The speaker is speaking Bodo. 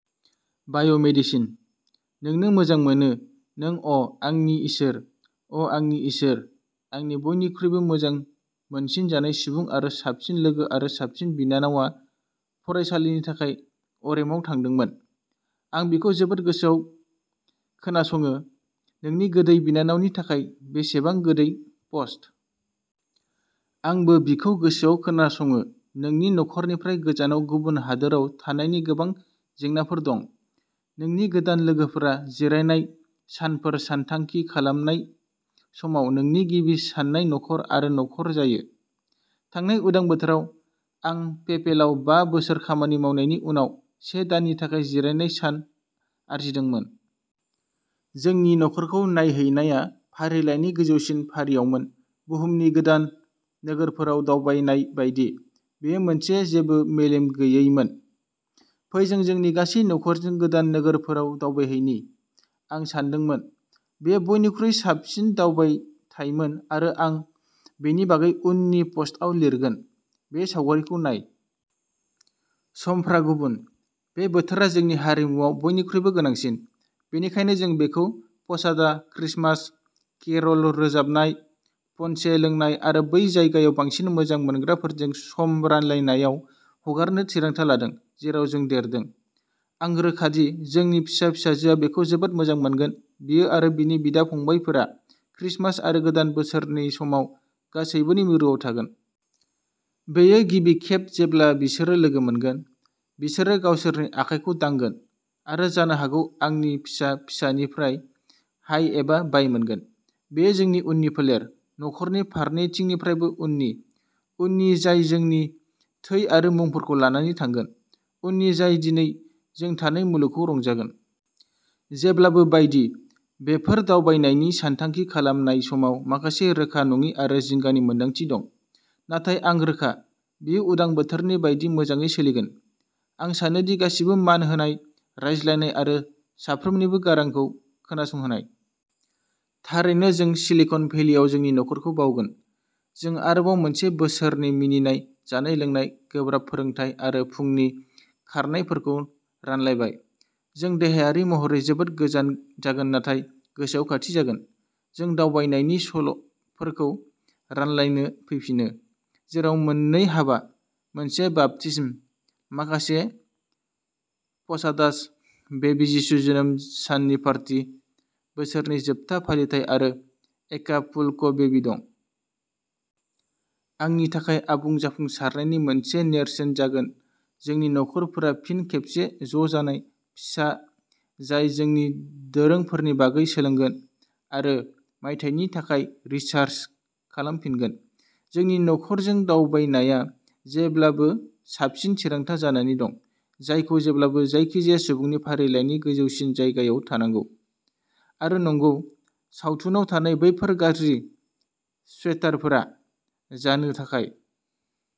बाय' मेडिसिन। नोंनो मोजां मोनो नों अ' आंनि इसोर, अ' आंनि इसोर आंनि बयनिख्रुइबो मोजां मोनसिनजानाय सुबुं आरो साबसिन लोगो आरो साबसिन बिनानावआ फरायसालिनि थाखाय अरेमाव थांदोंमोन। आं बिखौ जोबोद गोसोआव खोनासङो। नोंनि गोदै बिनानावनि थाखाय बेसेबां गोदै पस्ट। आंबो बिखौ गोसोआव खोनासङो नोंनि नखरनिफ्राय गोजानाव गुबुन हादोराव थानायनि गोबां जेंनाफोर दं। नोंनि गोदान लोगोफोरा जिरायनाय सानफोर सानथांखि खालामनाय समाव नोंनि गिबि साननाय नखर आरो नखर जायो। थांनाय उदां बोथोराव, आं पेपेलाव बा बोसोर खामानि मावनायनि उनाव से दाननि थाखाय जिरायनाय सान आरजिदोंमोन। जोंनि नखरखौ नायहैनाया फारिलाइनि गोजौसिन फारियावमोन, बुहुमनि गोदान नोगोरफोराव दावबायनाय बायदि। बेयो मोनसे जेबो मेलेम गैयैमोन, फै जों जोंनि गासै नखरजों गोदान नोगोरफोराव दावबायहैनि, आं सानदोंमोन। बेयो बयनिख्रुइ साबसिन दावबायथायमोन आरो आं बेनि बागै उननि पस्टआव लिरगोन, बे सावगारिखौ नाय। समफ्रा गुबुन, बे बोथोरा जोंनि हारिमुआव बयनिख्रुइबो गोनांसिन, बेनिखायनो जों बेखौ पसादा, क्रिसमास, केर'ल रोजाबनाय, पन्चे लोंनाय आरो बै जायगायाव बांसिन मोजां मोनग्राफोरजों सम रानलायनायाव हगारनो थिरांथा लादों, जेराव जों देरदों। आं रोखा दि जोंनि फिसा फिसाजोआ बेखौ जोबोद मोजां मोनगोन, बियो आरो बिनि बिदा-फंबायफोरा क्रिसमास आरो गोदान बोसोरनि समाव गासैबोनि मिरुआव थागोन। बेयो गिबि खेब जेब्ला बिसोरो लोगो मोनगोन, बिसोरो गावसोरनि आखाइखौ दांगोन आरो जानो हागौ आंनि फिसा फिसानिफ्राय हाय एबा बाय मोनगोन। बेयो जोंनि उननि फोलेर, नखरनि फारनैथिंनिफ्रायबो उननि, उननि जाय जोंनि थै आरो मुंफोरखौ लानानै थांगोन, उननि जाय दिनै जों थानाय मुलुगखौ रंजागोन। जेब्लाबो बायदि, बेफोर दावबायनायनि सानथांखि खालामनाय समाव माखासे रोखा नङि आरो जिंगानि मोनदांथि दं, नाथाय आं रोखा। बियो उदां बोथोरनि बायदि मोजाङै सोलिगोन। आं सानो दि गासिबो मान होनाय, रायज्लायनाय आरो साफ्रोमनिबो गारांखौ खोनासंहोनाय। थारैनो जों सिलिकन भेलियाव जोंनि नखरखौ बावगोन, जों आरोबाव मोनसे बोसोरनि मिनिनाय, जानाय-लोंनाय, गोब्राब फोरोंथाय आरो फुंनि खारनायफोरखौ रानलायबाय। जों देहायारि महरै जोबोद गोजान जागोन नाथाय गोसोयाव खाथि जागोन। जों दावबायनायनि सल'फोरखौ रानलायनो फैफिनो, जेराव मोननै हाबा, मोनसे बाप्तिस्म, माखासे पसादास, बेबी जिसु जोनोम साननि पार्टी, बोसोरनि जोबथा फालिथाय आरो एकापुल्क'बेबी दं। आंनि थाखाय आबुं जाफुंसारनायनि मोनसे नेरसोन जागोन जोंनि नखरफोरा फिन खेबसे ज'जानाय, फिसा जाय जोंनि दोरोंफोरनि बागै सोलोंगोन आरो मायथाइनि थाखाय रिचार्ज खालामफिनगोन। जोंनि नखरजों दावबायनाया जेब्लाबो साबसिन थिरांथा जानानै दं, जायखौ जेब्लाबो जायखिजाया सुबुंनि फारिलाइनि गोजौसिन जायगायाव थानांगौ। आरो नंगौ, सावथुनाव थानाय बैफोर गाज्रि स्वेटारफोरा जानो थाखाय।